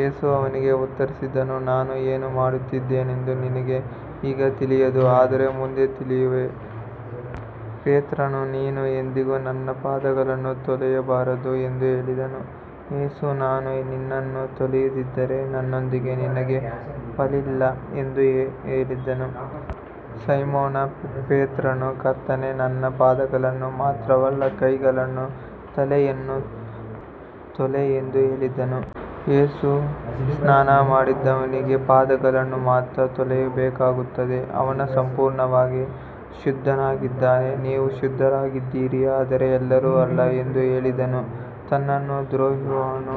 ಯೇಸು ಅವನಿಗೆ ಉತ್ತರಿಸಿದನು, ನಾನು ಏನು ಮಾಡುತ್ತಿದ್ದೇನೆಂದು ನಿನಗೆ ಈಗ ತಿಳಿಯದು, ಆದರೆ ಮುಂದೆ ತಿಳಿಯುವೆ. ಪೇತ್ರನು, ನೀನು ಎಂದಿಗೂ ನನ್ನ ಪಾದಗಳನ್ನು ತೊಳೆಯಬಾರದು ಎಂದು ಹೇಳಿದನು. ಯೇಸು, ನಾನು ನಿನ್ನನ್ನು ತೊಳೆಯದಿದ್ದರೆ ನನ್ನೊಂದಿಗೆ ನಿನಗೆ ಪಾಲಿಲ್ಲ ಎಂದು ಹೇಳಿದನು. ಸೈಮೋನ ಪೇತ್ರನು, ಕರ್ತನೇ, ನನ್ನ ಪಾದಗಳನ್ನು ಮಾತ್ರವಲ್ಲ, ಕೈಗಳನ್ನೂ ತಲೆಯನ್ನೂ ತೊಳೆ ಎಂದು ಹೇಳಿದನು. ಯೇಸು, ಸ್ನಾನಮಾಡಿದವನಿಗೆ ಪಾದಗಳನ್ನು ಮಾತ್ರ ತೊಳೆಯಬೇಕಾಗುತ್ತದೆ, ಅವನು ಸಂಪೂರ್ಣವಾಗಿ ಶುದ್ಧನಾಗಿದ್ದಾನೆ. ನೀವು ಶುದ್ಧರಾಗಿದ್ದೀರಿ, ಆದರೆ ಎಲ್ಲರೂ ಅಲ್ಲ ಎಂದು ಹೇಳಿದನು. ತನ್ನನ್ನು ದ್ರೋಹಿಸುವವನು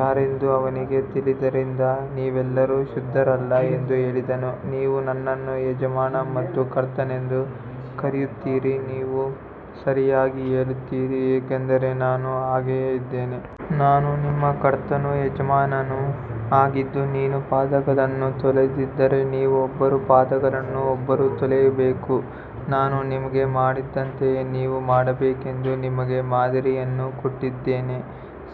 ಯಾರೆಂದು ಅವನಿಗೆ ತಿಳಿದಿದ್ದರಿಂದ ನೀವೆಲ್ಲರೂ ಶುದ್ಧರಲ್ಲ ಎಂದು ಹೇಳಿದನು. ನೀವು ನನ್ನನ್ನು ಯಜಮಾನ ಮತ್ತು ಕರ್ತನೆಂದು ಕರೆಯುತ್ತೀರಿ, ನೀವು ಸರಿಯಾಗಿ ಹೇಳುತ್ತೀರಿ, ಏಕೆಂದರೆ ನಾನು ಹಾಗೆಯೇ ಇದ್ದೇನೆ. ನಾನು ನಿಮ್ಮ ಕರ್ತನೂ ಯಜಮಾನನೂ ಆಗಿದ್ದು ನಿಮ್ಮ ಪಾದಗಳನ್ನು ತೊಳೆದಿದ್ದರೆ, ನೀವೂ ಒಬ್ಬರ ಪಾದಗಳನ್ನು ಒಬ್ಬರು ತೊಳೆಯಬೇಕು. ನಾನು ನಿಮಗೆ ಮಾಡಿದಂತೆಯೇ ನೀವು ಮಾಡಬೇಕೆಂದು ನಿಮಗೆ ಮಾದರಿಯನ್ನು ಕೊಟ್ಟಿದ್ದೇನೆ.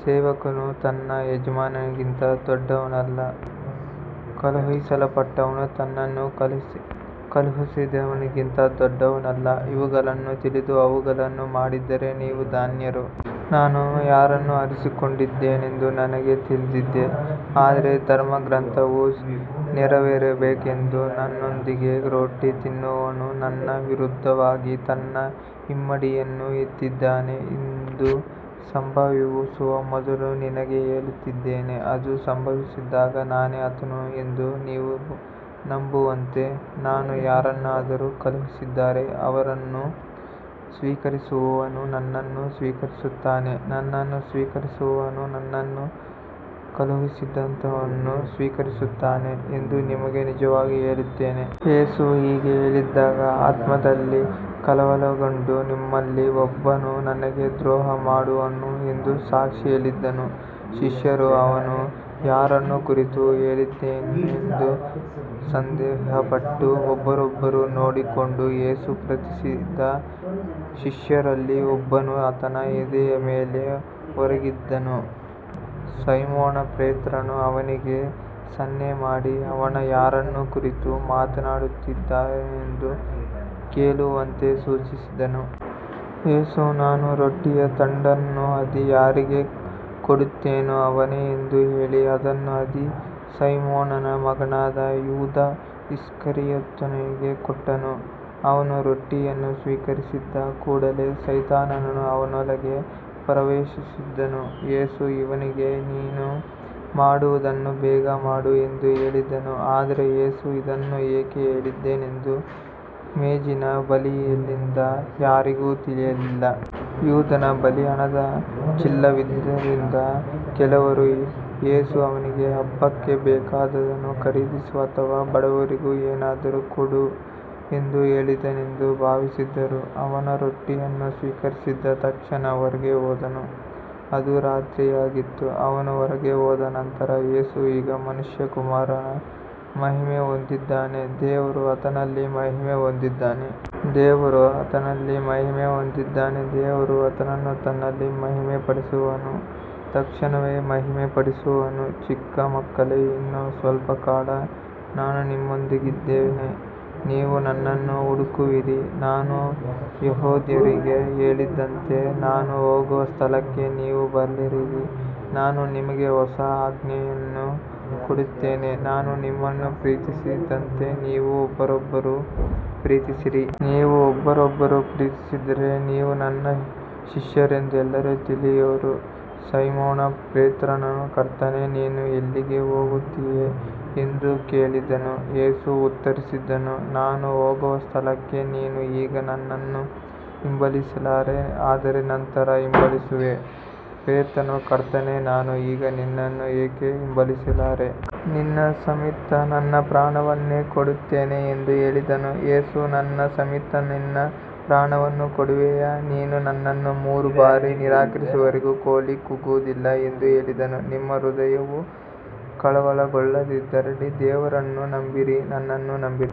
ಸೇವಕನು ತನ್ನ ಯಜಮಾನನಿಗಿಂತ ದೊಡ್ಡವನಲ್ಲ, ಕಳುಹಿಸಲ್ಪಟ್ಟವನೂ ತನ್ನನ್ನು ಕಳುಹಿಸಿದವನಿಗಿಂತ ದೊಡ್ಡವನಲ್ಲ. ಇವುಗಳನ್ನು ತಿಳಿದು ಅವುಗಳನ್ನು ಮಾಡಿದರೆ ನೀವು ಧನ್ಯರು. ನಾನು ಯಾರನ್ನು ಆರಿಸಿಕೊಂಡಿದ್ದೇನೆಂದು ನನಗೆ ತಿಳಿದಿದೆ, ಆದರೆ ಧರ್ಮಗ್ರಂಥವು ನೆರವೇರಬೇಕೆಂದು ನನ್ನೊಂದಿಗೆ ರೊಟ್ಟಿ ತಿನ್ನುವವನು ನನ್ನ ವಿರುದ್ಧವಾಗಿ ತನ್ನ ಹಿಮ್ಮಡಿಯನ್ನು ಎತ್ತಿದ್ದಾನೆ. ಇದು ಸಂಭವಿಸುವ ಮೊದಲು ನಿಮಗೆ ಹೇಳುತ್ತಿದ್ದೇನೆ, ಅದು ಸಂಭವಿಸಿದಾಗ ನಾನೇ ಆತನು ಎಂದು ನೀವು ನಂಬುವಂತೆ. ನಾನು ಯಾರನ್ನಾದರೂ ಕಳುಹಿಸಿದರೆ ಅವನನ್ನು ಸ್ವೀಕರಿಸುವವನು ನನ್ನನ್ನು ಸ್ವೀಕರಿಸುತ್ತಾನೆ, ನನ್ನನ್ನು ಸ್ವೀಕರಿಸುವವನು ನನ್ನನ್ನು ಕಳುಹಿಸಿದಾತನನ್ನು ಸ್ವೀಕರಿಸುತ್ತಾನೆ ಎಂದು ನಿಮಗೆ ನಿಜವಾಗಿ ಹೇಳುತ್ತೇನೆ. ಯೇಸು ಹೀಗೆ ಹೇಳಿದಾಗ ಆತ್ಮದಲ್ಲಿ ಕಳವಳಗೊಂಡು, ನಿಮ್ಮಲ್ಲಿ ಒಬ್ಬನು ನನಗೆ ದ್ರೋಹಮಾಡುವನು ಎಂದು ಸಾಕ್ಷಿ ಹೇಳಿದನು. ಶಿಷ್ಯರು ಅವನು ಯಾರನ್ನು ಕುರಿತು ಹೇಳಿದನೆಂದು ಸಂದೇಹಪಟ್ಟು ಒಬ್ಬರನ್ನೊಬ್ಬರು ನೋಡಿಕೊಂಡರು. ಯೇಸು ಪ್ರೀತಿಸಿದ ಶಿಷ್ಯರಲ್ಲಿ ಒಬ್ಬನು ಆತನ ಎದೆಯ ಮೇಲೆ ಒರಗಿದ್ದನು. ಸೈಮೋನ ಪೇತ್ರನು ಅವನಿಗೆ ಸನ್ನೆ ಮಾಡಿ, ಅವನು ಯಾರನ್ನು ಕುರಿತು ಮಾತನಾಡುತ್ತಿದ್ದಾನೆಂದು ಕೇಳುವಂತೆ ಸೂಚಿಸಿದನು. ಯೇಸು, ನಾನು ರೊಟ್ಟಿಯ ತುಂಡನ್ನು ಅದ್ದಿ ಯಾರಿಗೆ ಕೊಡುತ್ತೇನೋ ಅವನೇ ಎಂದು ಹೇಳಿ, ಅದನ್ನು ಅದ್ದಿ ಸೈಮೋನನ ಮಗನಾದ ಯೂದ ಇಸ್ಕರಿಯೋತನಿಗೆ ಕೊಟ್ಟನು. ಅವನು ರೊಟ್ಟಿಯನ್ನು ಸ್ವೀಕರಿಸಿದ ಕೂಡಲೇ ಸೈತಾನನು ಅವನೊಳಗೆ ಪ್ರವೇಶಿಸಿದನು. ಯೇಸು ಅವನಿಗೆ, ನೀನು ಮಾಡುವುದನ್ನು ಬೇಗ ಮಾಡು ಎಂದು ಹೇಳಿದನು. ಆದರೆ ಯೇಸು ಇದನ್ನು ಏಕೆ ಹೇಳಿದನೆಂದು ಮೇಜಿನ ಬಳಿಯಲ್ಲಿದ್ದ ಯಾರಿಗೂ ತಿಳಿಯಲಿಲ್ಲ. ಯೂದನ ಬಳಿ ಹಣದ ಚೀಲವಿದ್ದುದರಿಂದ ಕೆಲವರು ಯೇಸು ಅವನಿಗೆ ಹಬ್ಬಕ್ಕೆ ಬೇಕಾದುದನ್ನು ಖರೀದಿಸು ಅಥವಾ ಬಡವರಿಗೆ ಏನಾದರೂ ಕೊಡು ಎಂದು ಹೇಳಿದನೆಂದು ಭಾವಿಸಿದರು. ಅವನು ರೊಟ್ಟಿಯನ್ನು ಸ್ವೀಕರಿಸಿದ ತಕ್ಷಣ ಹೊರಗೆ ಹೋದನು, ಅದು ರಾತ್ರಿಯಾಗಿತ್ತು. ಅವನು ಹೊರಗೆ ಹೋದ ನಂತರ ಯೇಸು, ಈಗ ಮನುಷ್ಯಕುಮಾರನು ಮಹಿಮೆ ಹೊಂದಿದ್ದಾನೆ, ದೇವರೂ ಆತನಲ್ಲಿ ಮಹಿಮೆ ಹೊಂದಿದ್ದಾನೆ. ದೇವರು ಆತನಲ್ಲಿ ಮಹಿಮೆ ಹೊಂದಿದ್ದರೆ ದೇವರೂ ಆತನನ್ನು ತನ್ನಲ್ಲಿ ಮಹಿಮೆಪಡಿಸುವನು, ತಕ್ಷಣವೇ ಮಹಿಮೆಪಡಿಸುವನು. ಚಿಕ್ಕ ಮಕ್ಕಳೇ, ಇನ್ನೂ ಸ್ವಲ್ಪ ಕಾಲ ನಾನು ನಿಮ್ಮೊಂದಿಗಿದ್ದೇನೆ. ನೀವು ನನ್ನನ್ನು ಹುಡುಕುವಿರಿ, ನಾನು ಯೆಹೂದ್ಯರಿಗೆ ಹೇಳಿದಂತೆ, ನಾನು ಹೋಗುವ ಸ್ಥಳಕ್ಕೆ ನೀವು ಬರಲಾರಿರಿ. ನಾನು ನಿಮಗೆ ಹೊಸ ಆಜ್ಞೆಯನ್ನು ಕೊಡುತ್ತೇನೆ, ನಾನು ನಿಮ್ಮನ್ನು ಪ್ರೀತಿಸಿದಂತೆ ನೀವೂ ಒಬ್ಬರನ್ನೊಬ್ಬರು ಪ್ರೀತಿಸಿರಿ. ನೀವು ಒಬ್ಬರನ್ನೊಬ್ಬರು ಪ್ರೀತಿಸಿದರೆ, ನೀವು ನನ್ನ ಶಿಷ್ಯರೆಂದು ಎಲ್ಲರೂ ತಿಳಿಯುವರು. ಸೈಮೋನ ಪೇತ್ರನು, ಕರ್ತನೇ, ನೀನು ಎಲ್ಲಿಗೆ ಹೋಗುತ್ತೀಯೆ ಎಂದು ಕೇಳಿದನು. ಯೇಸು ಉತ್ತರಿಸಿದನು, ನಾನು ಹೋಗುವ ಸ್ಥಳಕ್ಕೆ ನೀನು ಈಗ ನನ್ನನ್ನು ಹಿಂಬಾಲಿಸಲಾರೆ, ಆದರೆ ನಂತರ ಹಿಂಬಾಲಿಸುವೆ. ಪೇತ್ರನು, ಕರ್ತನೇ, ನಾನು ಈಗ ನಿನ್ನನ್ನು ಏಕೆ ಹಿಂಬಾಲಿಸಲಾರೆ? ನಿನ್ನ ನಿಮಿತ್ತ ನನ್ನ ಪ್ರಾಣವನ್ನೇ ಕೊಡುತ್ತೇನೆ ಎಂದು ಹೇಳಿದನು. ಯೇಸು, ನನ್ನ ನಿಮಿತ್ತ ನಿನ್ನ ಪ್ರಾಣವನ್ನು ಕೊಡುವೆಯಾ? ನೀನು ನನ್ನನ್ನು ಮೂರು ಬಾರಿ ನಿರಾಕರಿಸುವವರೆಗೆ ಕೋಳಿ ಕೂಗುವುದಿಲ್ಲ ಎಂದು ಹೇಳಿದನು. ನಿಮ್ಮ ಹೃದಯವು ಕಳವಳಗೊಳ್ಳದಿರಲಿ, ದೇವರನ್ನು ನಂಬಿರಿ, ನನ್ನನ್ನೂ ನಂಬಿರಿ.